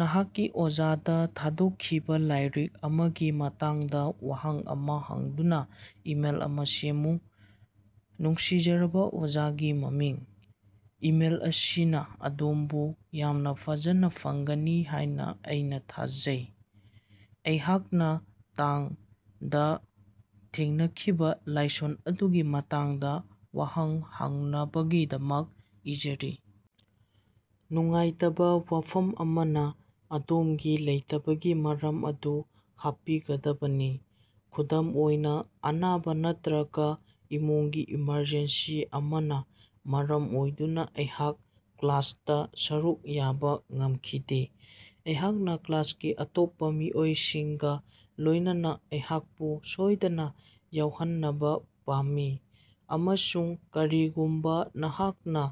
ꯅꯍꯥꯛꯀꯤ ꯑꯣꯖꯥꯗ ꯊꯥꯗꯣꯛꯈꯤꯕ ꯂꯥꯏꯔꯤꯛ ꯑꯃꯒꯤ ꯃꯇꯥꯡꯗ ꯋꯥꯍꯪ ꯑꯃꯥ ꯍꯪꯗꯨꯅ ꯏꯃꯦꯜ ꯑꯃꯥ ꯁꯦꯝꯃꯨ꯫ ꯅꯨꯡꯁꯤꯖꯔꯕ [ꯑꯣꯖꯥꯒꯤ ꯃꯃꯤꯡ], ꯏꯃꯦꯜ ꯑꯁꯤꯅ ꯑꯗꯣꯝꯕꯨ ꯌꯥꯝꯅ ꯐꯖꯟꯅ ꯐꯪꯒꯅꯤ ꯍꯥꯏꯅ ꯑꯩꯅ ꯊꯥꯖꯩ꯫ ꯑꯩꯍꯥꯛꯅ ꯇꯥꯡ]ꯗ ꯊꯦꯡꯅꯈꯤꯕ ꯂꯥꯏꯁꯣꯟ ꯑꯗꯨꯒꯤ ꯃꯇꯥꯡꯗ ꯋꯥꯍꯪ ꯍꯪꯅꯕꯒꯤꯗꯃꯛ ꯏꯖꯔꯤ꯫ ꯅꯨꯡꯉꯥꯏꯇꯕ ꯋꯥꯐꯝ ꯑꯃꯅ, ꯑꯗꯣꯝꯒꯤ ꯂꯩꯇꯕꯒꯤ ꯃꯔꯝ ꯑꯗꯨ ꯍꯥꯞꯀꯗꯕꯅꯤ, ꯈꯨꯗꯝ ꯑꯣꯏꯅ ꯑꯅꯥꯕ ꯅꯠꯇ꯭ꯔꯒ ꯏꯃꯨꯡꯒꯤ ꯏꯃꯔꯖꯦꯟꯁꯤ ꯑꯃꯅ ꯃꯔꯝ ꯑꯣꯏꯗꯨꯅ ꯑꯩꯍꯥꯛ ꯀ꯭ꯂꯥꯁꯇ ꯁꯔꯨꯛ ꯌꯥꯕ ꯉꯝꯈꯤꯗꯦ꯫ ꯑꯩꯍꯥꯛꯅ ꯀ꯭ꯂꯥꯁꯀꯤ ꯑꯇꯣꯞꯄ ꯃꯤꯑꯣꯏꯁꯤꯡꯒ ꯂꯣꯏꯅꯅ ꯑꯩꯍꯥꯛꯄꯨ ꯁꯣꯏꯗꯅ ꯌꯥꯎꯍꯟꯕ ꯄꯥꯝꯃꯤ ꯑꯃꯁꯨꯡ ꯀꯔꯤꯒꯨꯝꯕ ꯅꯍꯥꯛꯅ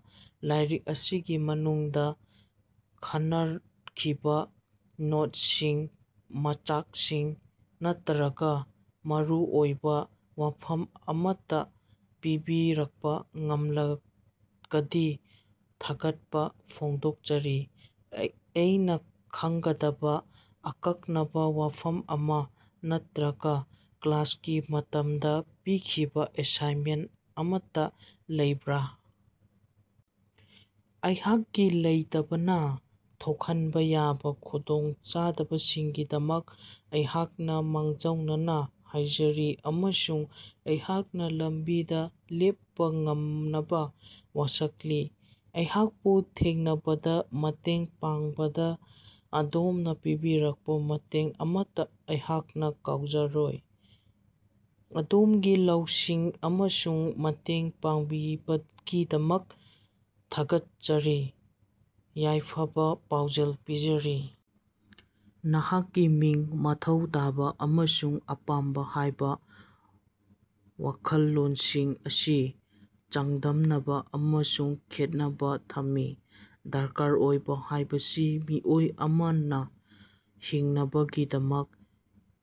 ꯂꯥꯏꯔꯤꯛ ꯑꯁꯤꯒꯤ ꯃꯅꯨꯡꯗ ꯈꯟꯅꯈꯤꯕ ꯅꯣꯠꯁꯤꯡ, ꯃꯆꯥꯛꯁꯤꯡ ꯅꯠꯇ꯭ꯔꯒ ꯃꯔꯨꯑꯣꯏꯕ ꯋꯥꯐꯝ ꯑꯃꯠꯇ ꯄꯤꯕꯤꯔꯛꯄ ꯉꯝꯂꯕꯗꯤ ꯊꯥꯒꯠꯄ ꯐꯣꯡꯗꯣꯛꯆꯔꯤ꯫ ꯑꯩꯅ ꯈꯪꯒꯗꯕ ꯑꯀꯛꯅꯕ ꯋꯥꯐꯝ ꯑꯃ ꯅꯠꯇ꯭ꯔꯒ ꯀ꯭ꯂꯥꯁꯀꯤ ꯃꯇꯝꯗ ꯄꯤꯈꯤꯕ ꯑꯦꯁꯥꯏꯟꯃꯦꯟꯇ ꯑꯃꯠꯇ ꯂꯩꯕ꯭ꯔꯥ? ꯑꯩꯍꯥꯛꯀꯤ ꯂꯩꯇꯕꯅ ꯊꯣꯛꯍꯟꯕ ꯌꯥꯕ ꯈꯨꯗꯣꯡꯆꯥꯗꯕꯁꯤꯡꯒꯤ ꯗꯃꯛ ꯑꯩꯍꯥꯛꯅ ꯃꯥꯡꯖꯧꯅꯅ ꯍꯥꯏꯖꯔꯤ ꯑꯃꯁꯨꯡ ꯑꯩꯍꯥꯛꯅ ꯂꯝꯕꯤꯗ ꯂꯦꯞꯄ ꯉꯝꯅꯕ ꯋꯥꯁꯛꯂꯤ꯫ ꯑꯩꯍꯥꯛꯄꯨ ꯊꯦꯡꯅꯕꯗ ꯃꯇꯦꯡ ꯄꯥꯡꯕꯗ ꯑꯗꯣꯝꯅ ꯄꯤꯕꯤꯔꯛꯄ ꯃꯇꯦꯡ ꯑꯃꯠꯇ ꯑꯩꯍꯥꯛꯅ ꯀꯥꯎꯖꯔꯣꯏ꯫ ꯑꯗꯣꯝꯒꯤ ꯂꯧꯁꯤꯡ ꯑꯃꯁꯨꯡ ꯃꯇꯦꯡ ꯄꯥꯡꯕꯤꯕꯒꯤꯗꯃꯛ ꯊꯥꯒꯠꯆꯔꯤ꯫ ꯌꯥꯏꯐ-ꯄꯥꯎꯖꯦꯜ ꯄꯤꯖꯔꯤ, ꯅꯍꯥꯛꯀꯤ ꯃꯤꯡ "ꯃꯊꯧ ꯇꯥꯕ" ꯑꯃꯁꯨꯡ "ꯑꯄꯥꯝꯕ" ꯍꯥꯏꯕ ꯋꯥꯈꯜꯂꯣꯟꯁꯤꯡ ꯑꯁꯤ ꯆꯥꯡꯗꯝꯅꯕ ꯑꯃꯁꯨꯡ ꯈꯦꯠꯅꯕ ꯊꯝꯃꯤ꯫ ꯗꯔꯀꯥꯔ ꯑꯣꯏꯕ ꯍꯥꯏꯕꯁꯤ ꯃꯤꯑꯣꯏ ꯑꯃꯅ ꯍꯤꯡꯅꯕꯒꯤꯗꯃꯛ,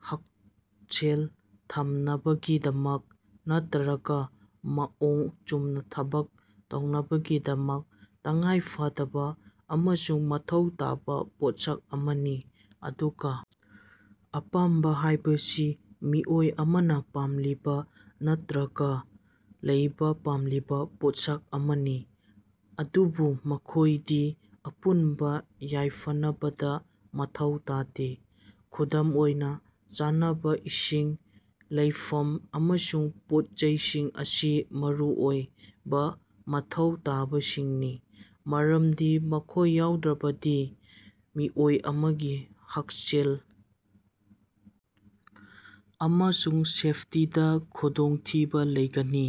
ꯍꯛꯁꯦꯜ ꯊꯝꯅꯕꯒꯤꯗꯃꯛ ꯅꯠꯇ꯭ꯔꯒ ꯃꯑꯣꯡ ꯆꯨꯝꯅ ꯊꯕꯛ ꯇꯧꯅꯕꯒꯤꯗꯃꯛ ꯇꯉꯥꯏꯐꯗꯕ ꯑꯃꯁꯨꯡ ꯃꯊꯧ ꯇꯥꯕ ꯄꯣꯠꯁꯛ ꯑꯃꯅꯤ꯫ ꯑꯗꯨꯒ ꯑꯄꯥꯝꯕ ꯍꯥꯏꯕꯁꯤ ꯃꯤꯑꯣꯏ ꯑꯃꯅ ꯄꯥꯝꯂꯤꯕ ꯅꯠꯇ꯭ꯔꯒ ꯂꯩꯕ ꯄꯥꯝꯂꯤꯕ ꯄꯣꯠꯁꯛ ꯑꯃꯅꯤ꯫ ꯑꯗꯨꯕꯨ ꯃꯈꯣꯏꯗꯤ ꯑꯄꯨꯟꯕ ꯌꯥꯏꯐꯅꯕꯗ ꯃꯊꯧ ꯇꯥꯗꯦ꯫ ꯈꯨꯗꯝ ꯑꯣꯏꯅ, ꯆꯥꯅꯕ, ꯏꯁꯤꯡ, ꯂꯩꯐꯝ ꯑꯃꯁꯨꯡ ꯄꯣꯠ-ꯆꯩꯁꯤꯡ ꯑꯁꯤ ꯃꯔꯨꯑꯣꯏꯕ ꯃꯊꯧ ꯇꯥꯕꯁꯤꯡꯅꯤ꯫ ꯃꯔꯝꯗꯤ ꯃꯈꯣꯏ ꯌꯥꯎꯗ꯭ꯔꯕꯗꯤ ꯃꯤꯑꯣꯏ ꯑꯃꯒꯤ ꯍꯛꯁꯦꯜ ꯑꯃꯁꯨꯡ ꯁꯦꯐꯇꯤꯗ ꯈꯨꯗꯣꯡꯊꯤꯕ ꯂꯩꯒꯅꯤ꯫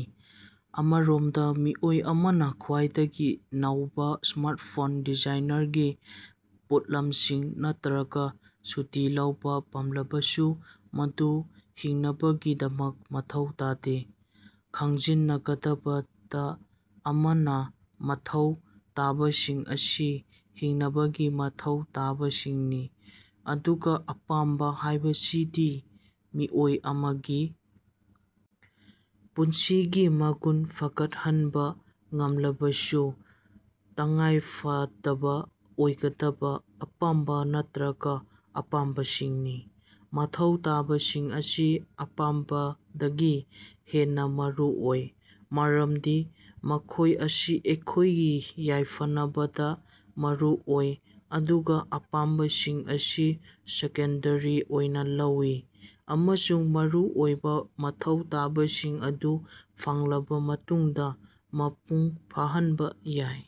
ꯑꯃꯔꯣꯝꯗ ꯃꯤꯑꯣꯏ ꯑꯃꯅ ꯈ꯭ꯋꯥꯏꯗꯒꯤ ꯅꯧꯕ ꯁ꯭ꯃꯥꯔꯇꯐꯣꯟ, ꯗꯤꯖꯥꯏꯅꯔꯒꯤ ꯄꯣꯠꯂꯝꯁꯤꯡ ꯅꯠꯇ꯭ꯔꯒ ꯁꯨꯇꯤ ꯂꯧꯕ ꯄꯥꯝꯂꯕꯁꯨ ꯃꯗꯨ ꯍꯤꯡꯅꯕꯒꯤꯗꯃꯛ ꯃꯊꯧ ꯇꯥꯗꯦ꯫ ꯈꯪꯖꯤꯟꯒꯗꯕ ꯑꯃꯅ, ꯃꯊꯧ ꯇꯥꯕꯁꯤꯡ ꯑꯁꯤ ꯍꯤꯡꯅꯕꯒꯤ ꯃꯊꯧ ꯇꯥꯕꯁꯤꯡꯅꯤ ꯑꯗꯨꯒ ꯑꯄꯥꯝꯕ ꯍꯥꯏꯕꯁꯤꯗꯤ ꯃꯤꯑꯣꯏ ꯑꯃꯒꯤ ꯄꯨꯟꯁꯤꯒꯤ ꯃꯒꯨꯟ ꯐꯒꯠꯍꯟꯕ ꯉꯝꯂꯕꯁꯨ ꯇꯉꯥꯏꯐꯗꯕ ꯑꯣꯏꯗꯕ ꯑꯄꯥꯝꯕ ꯅꯠꯇ꯭ꯔꯒ ꯑꯄꯥꯝꯕꯁꯤꯡꯅꯤ꯫ ꯃꯊꯧ ꯇꯥꯕꯁꯤꯡ ꯑꯁꯤ ꯑꯄꯥꯝꯕꯗꯒꯤ ꯍꯦꯟꯅ ꯃꯔꯨ ꯑꯣꯏ ꯃꯔꯝꯗꯤ ꯃꯈꯣꯏ ꯑꯁꯤ ꯑꯩꯈꯣꯏꯒꯤ ꯌꯥꯏꯐꯅꯕꯗ ꯃꯔꯨ ꯑꯣꯏ ꯑꯗꯨꯒ ꯑꯄꯥꯝꯕꯁꯤꯡ ꯑꯁꯤ ꯁꯦꯀꯦꯟꯗꯔꯤ ꯑꯣꯏꯅ ꯂꯧꯏ ꯑꯃꯁꯨꯡ ꯃꯔꯨ ꯑꯣꯏꯕ ꯃꯊꯧ ꯇꯥꯕꯁꯤꯡ ꯑꯗꯨ ꯐꯪꯂꯕ ꯃꯇꯨꯡꯗ ꯃꯄꯨꯡ ꯐꯥꯍꯟꯕ ꯌꯥꯏ꯫